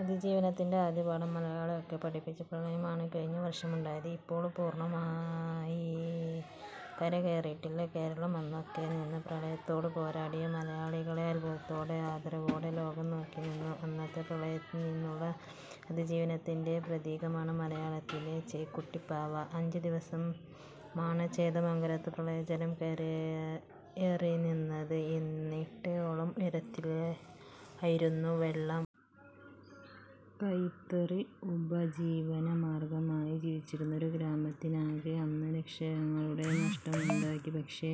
അതിജീവനത്തിൻറെ ആദ്യപാഠങ്ങളെ മലയാളികളെയാകെ പഠിപ്പിച്ച പ്രളയമാണ് കഴിഞ്ഞ വർഷമുണ്ടായത്. ഇപ്പോഴും പൂർണമായി കരകയറിയിട്ടില്ല കേരളം. അന്ന് ഒന്നാകെ നിന്ന് പ്രളയത്തോട് പോരാടിയ മലയാളികളെയാകെ അത്ഭുതത്തോടും ആദരവോടും ലോകം നോക്കിനിന്നു. അന്നത്തെ പ്രളയത്തിൽ നിന്നുള്ള അതിജീവനത്തിൻറെ പ്രതീകമാണ് മലയാളിക്ക് ചേക്കുട്ടിപ്പാവ. അഞ്ച് ദിവസമാണ് ചേന്ദമംഗലത്ത് പ്രളയജലം കയറിനിന്നത്. എട്ടടിയോളം ഉയരത്തിലായിരുന്നു വെള്ളം. കൈത്തറി ഉപജീവനമാർഗമാക്കി ജീവിച്ചിരുന്ന ഒരു ഗ്രാമത്തിനാകെ അന്ന് ലക്ഷങ്ങളുടെ നഷ്ടമുണ്ടായി. പക്ഷേ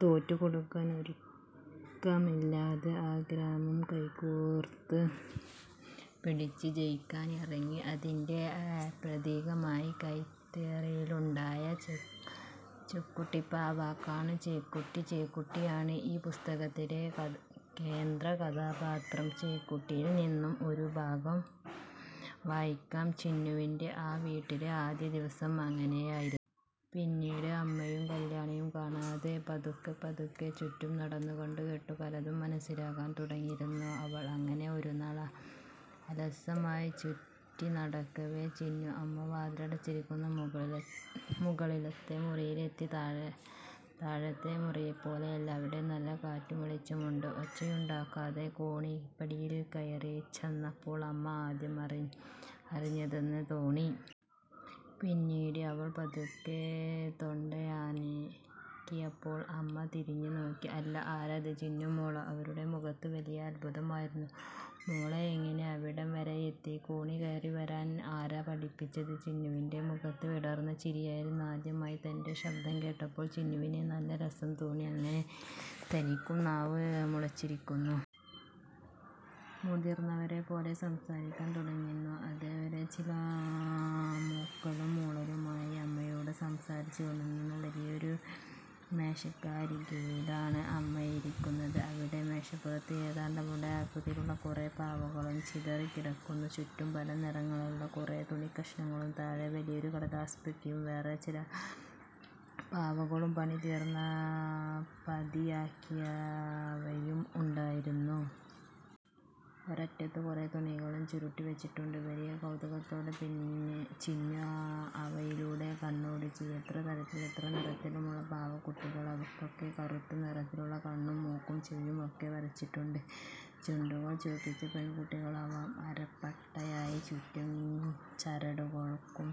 തോറ്റുകൊടുക്കാൻ ഒരുക്കമില്ലാതെ ആ ഗ്രാമം കൈകോർത്തുപിടിച്ച് ജയിക്കാനിറങ്ങി. അതിൻറെ പ്രതീകമായി കൈത്തറിയിലുണ്ടായ ചേക്കുട്ടിപ്പാവകളാണ് ചേക്കുട്ടി. ചേക്കുട്ടിയാണ് ഈ പുസ്തകത്തിലെ കേന്ദ്രകഥാപാത്രം. ചേക്കുട്ടിയിൽ നിന്നുള്ള ഒരു ഭാഗം വായിക്കാം. ചിന്നുവിൻറെ ആ വീട്ടിലെ ആദ്യത്തെ ദിവസം അങ്ങനെയായിരുന്നു. പിന്നീട് അമ്മയും കല്യാണിയും കാണാതെ പതുക്കെപ്പതുക്കെ ചുറ്റും നടന്നും കണ്ടും കേട്ടും പലതും മനസ്സിലാക്കാൻ തുടങ്ങുകയായിരുന്നു അവൾ. അങ്ങനെ ഒരുനാൾ അലസമായി ചുറ്റിനടക്കവേ ചിന്നു അമ്മ വാതിലടച്ചിരിക്കുന്ന മുകളിലത്തെ മുറിയിലെത്തി. താഴത്തെ മുറിപോലെയല്ല. അവിടെ നല്ല കാറ്റും വെളിച്ചവുമുണ്ട്. ഒച്ചയുണ്ടാക്കാതെ കോണിപ്പടികൾ കയറിച്ചെന്നപ്പോൾ അമ്മ ആദ്യം അറിഞ്ഞില്ലെന്ന് തോന്നി. പിന്നീട് അവൾ പതുക്കെ തൊണ്ടയനക്കിയപ്പോൾ അമ്മ തിരിഞ്ഞുനോക്കി. അല്ലാ, ആരാത്? ചിന്നുമോളോ? അവരുടെ മുഖത്ത് വലിയ അത്ഭുതമായിരുന്നു. മോളെങ്ങനെ ഇവിടം വരെയെത്തി? കോണി കയറി വരാൻ ആരാ പഠിപ്പിച്ചത്? ചിന്നുവിൻറെ മുഖത്ത് വിടർന്ന ചിരിയായിരുന്നു. ആദ്യമായി തൻറെ ശബ്ദം കേട്ടപ്പോൾ ചിന്നുവിനും നല്ല രസം തോന്നി. അങ്ങനെ തനിക്കും നാവ് മുളച്ചിരിക്കുന്നു. മുതിർന്നവരെപ്പോലെ സംസാരിക്കാൻ തുടങ്ങിയിരിക്കുന്നു. ഇതേവരെ ചില മുക്കലും മൂളലുമായാണ് അമ്മയോട് സംസാരിച്ചുകൊണ്ടിരുന്നത്. വലിയൊരു മേശയ്ക്കരികിലാണ് അമ്മ ഇരുന്നിരുന്നത്. അവിടെ മേശപ്പുറത്ത് ഏതാണ്ട് അവളുടെ ആകൃതിയിലുള്ള കുറെ പാവകൾ ചിതറിക്കിടന്നിരുന്നു. ചുറ്റും പല നിറങ്ങളിലുള്ള കുറെ തുണിക്കഷണങ്ങളും. താഴെ വലിയൊരു കടലാസുപെട്ടിയിൽ വേറേ ചില പാവകളും, പണി തീർന്നവയും പാതിയാക്കിയവയും ഉണ്ടായിരുന്നു. ഒരറ്റത്ത് കുറെ തുണികളും ചുരുട്ടിവച്ചിട്ടുണ്ട്. വലിയ കൗതുകത്തോടെ ചിന്നു അവയിലൂടെ കണ്ണോടിച്ചു. എത്ര തരത്തിൽ, എത്ര നിറങ്ങളിലുള്ള പാവക്കുട്ടികൾ. അവയ്ക്കൊക്കെ കറുത്ത നിറത്തിൽ കണ്ണും മൂക്കും ചെവിയുമൊക്കെ വരച്ചുവച്ചിട്ടുണ്ട്. ചുണ്ടുകൾ ചുവപ്പിച്ചവ പെൺകുട്ടികളാവാം. അരപ്പട്ടയായി ചുറ്റിയ ചരടുകൾക്കും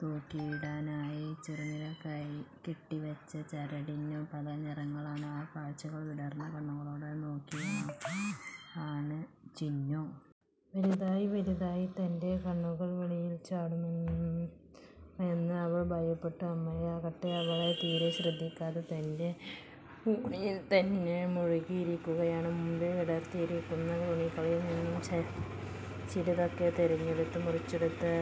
തൂക്കിയിടാനായി നെറുകയിൽ കെട്ടിവച്ച ചരടിനും പല നിറങ്ങളാണ്.ആ കാഴ്ചകൾ വിടർന്ന കണ്ണുകളോടെ നോക്കിക്കാണുകയാണ് ചിന്നു. വലുതായി വലുതായി തൻറെ കണ്ണുകൾ വെളിയിൽ ചാടുമോയെന്ന് അവൾ ഭയപ്പെട്ടു. അമ്മയാകട്ടെ അവളെ തീരെ ശ്രദ്ധിക്കാതെ തൻറെ പണിയിൽത്തന്നെ മുഴുകിയിരിക്കുകയാണ്. മുമ്പിൽ വിടർത്തിയിട്ടിരിക്കുന്ന തുണികളിൽനിന്ന് ചിലതൊക്കെ തെരഞ്ഞെടുത്ത് മുറിച്ചെടുത്ത്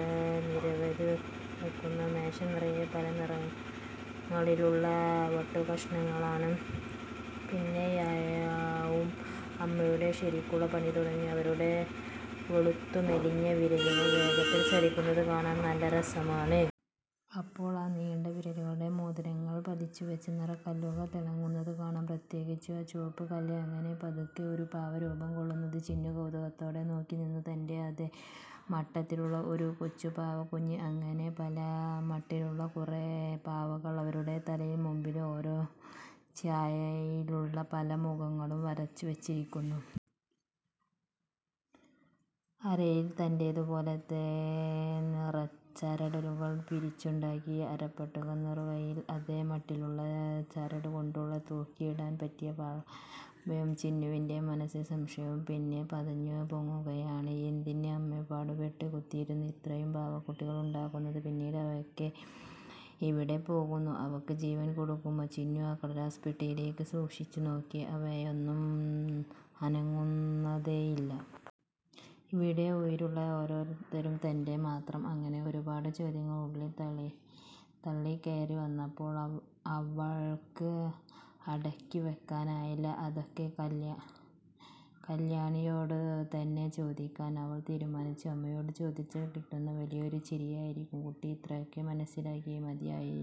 നിരത്തിവയ്ക്കുന്നു. മേശ നിറയെ പല നിറങ്ങളിലുള്ള വെട്ടുകഷണങ്ങളാണ്. പിന്നെയാവും അമ്മയുടെ ശരിക്കുള്ള പണി തുടങ്ങുക. അവരുടെ വെളുത്തു മെലിഞ്ഞ വിരലുകൾ വേഗത്തിൽ ചലിക്കുന്നതു കാണാൻ നല്ല രസമാണ്. അപ്പോൾ ആ നീണ്ട വിരലുകളിലെ മോതിരങ്ങളിൽ പതിച്ചുവച്ച നിറക്കല്ലുകൾ തിളങ്ങുന്നതു കാണാം. പ്രത്യേകിച്ചും ആ ചുവപ്പുകല്ല്. അങ്ങനെ പതുക്കെ ഒരു പാവ രൂപംകൊള്ളുന്നത് ചിന്നു കൗതുകത്തോടെ നോക്കിനിന്നു. തൻറെ അതേ മട്ടിലുള്ള ഒരു കൊച്ചു പാവക്കുഞ്ഞ്. അങ്ങനെ പലമട്ടിലുള്ള കുറേ പാവകൾ. അവരുടെ തലയുടെ മുമ്പിൽ ഓരോ ഛായയിലുള്ള പല മുഖങ്ങൾ വരച്ചുവച്ചിരിക്കുന്നു. അരയിൽ തന്റേതുപോലത്തെ നിറച്ചരടുകൾ പിരിച്ചുണ്ടാക്കിയ അരപ്പട്ടകൾ. നെറുകയിലും അതേ മട്ടിലുള്ള ചരടുകൊണ്ടുള്ള തൂക്കിയിടാൻ പറ്റിയ വളയം. ചിന്നുവിൻറെ മനസ്സിൽ സംശയങ്ങൾ പിന്നെയും പതഞ്ഞുപൊങ്ങുകയാണ്. എന്തിന് അമ്മ പാടുപെട്ട് കുത്തിയിരുന്ന് ഇത്രയും പാവക്കുട്ടികളുണ്ടാക്കുന്നു? പിന്നീട് അവയൊക്കെ എവിടെപ്പോകുന്നു? അവയ്ക്കും ജീവൻ കൊടുക്കുമോ? ചിന്നു ആ കടലാസുപെട്ടിയിലേക്ക് സൂക്ഷിച്ചുനോക്കി. അവയൊന്നും അനങ്ങുന്നതേയില്ല. ഇവിടെ ഉയിരുള്ള ഒരേയൊരാൾ താൻ മാത്രം. അങ്ങനെ ഒരുപാട് ചോദ്യങ്ങൾ ഉള്ളിൽ തള്ളിക്കയറി വന്നപ്പോൾ അവൾക്ക് അടക്കിവയ്ക്കാനായില്ല. അതൊക്കെ കല്യാണിയോടുതന്നെ ചോദിക്കാൻ അവൾ തീരുമാനിച്ചു. അമ്മയോട് ചോദിച്ചാൽ കിട്ടുന്നത് വലിയൊരു ചിരിയായിരിക്കും. കുട്ടികൾ ഇത്രയൊക്കെ മനസ്സിലാക്കിയാൽ മതിയെന്നായിരിക്കും.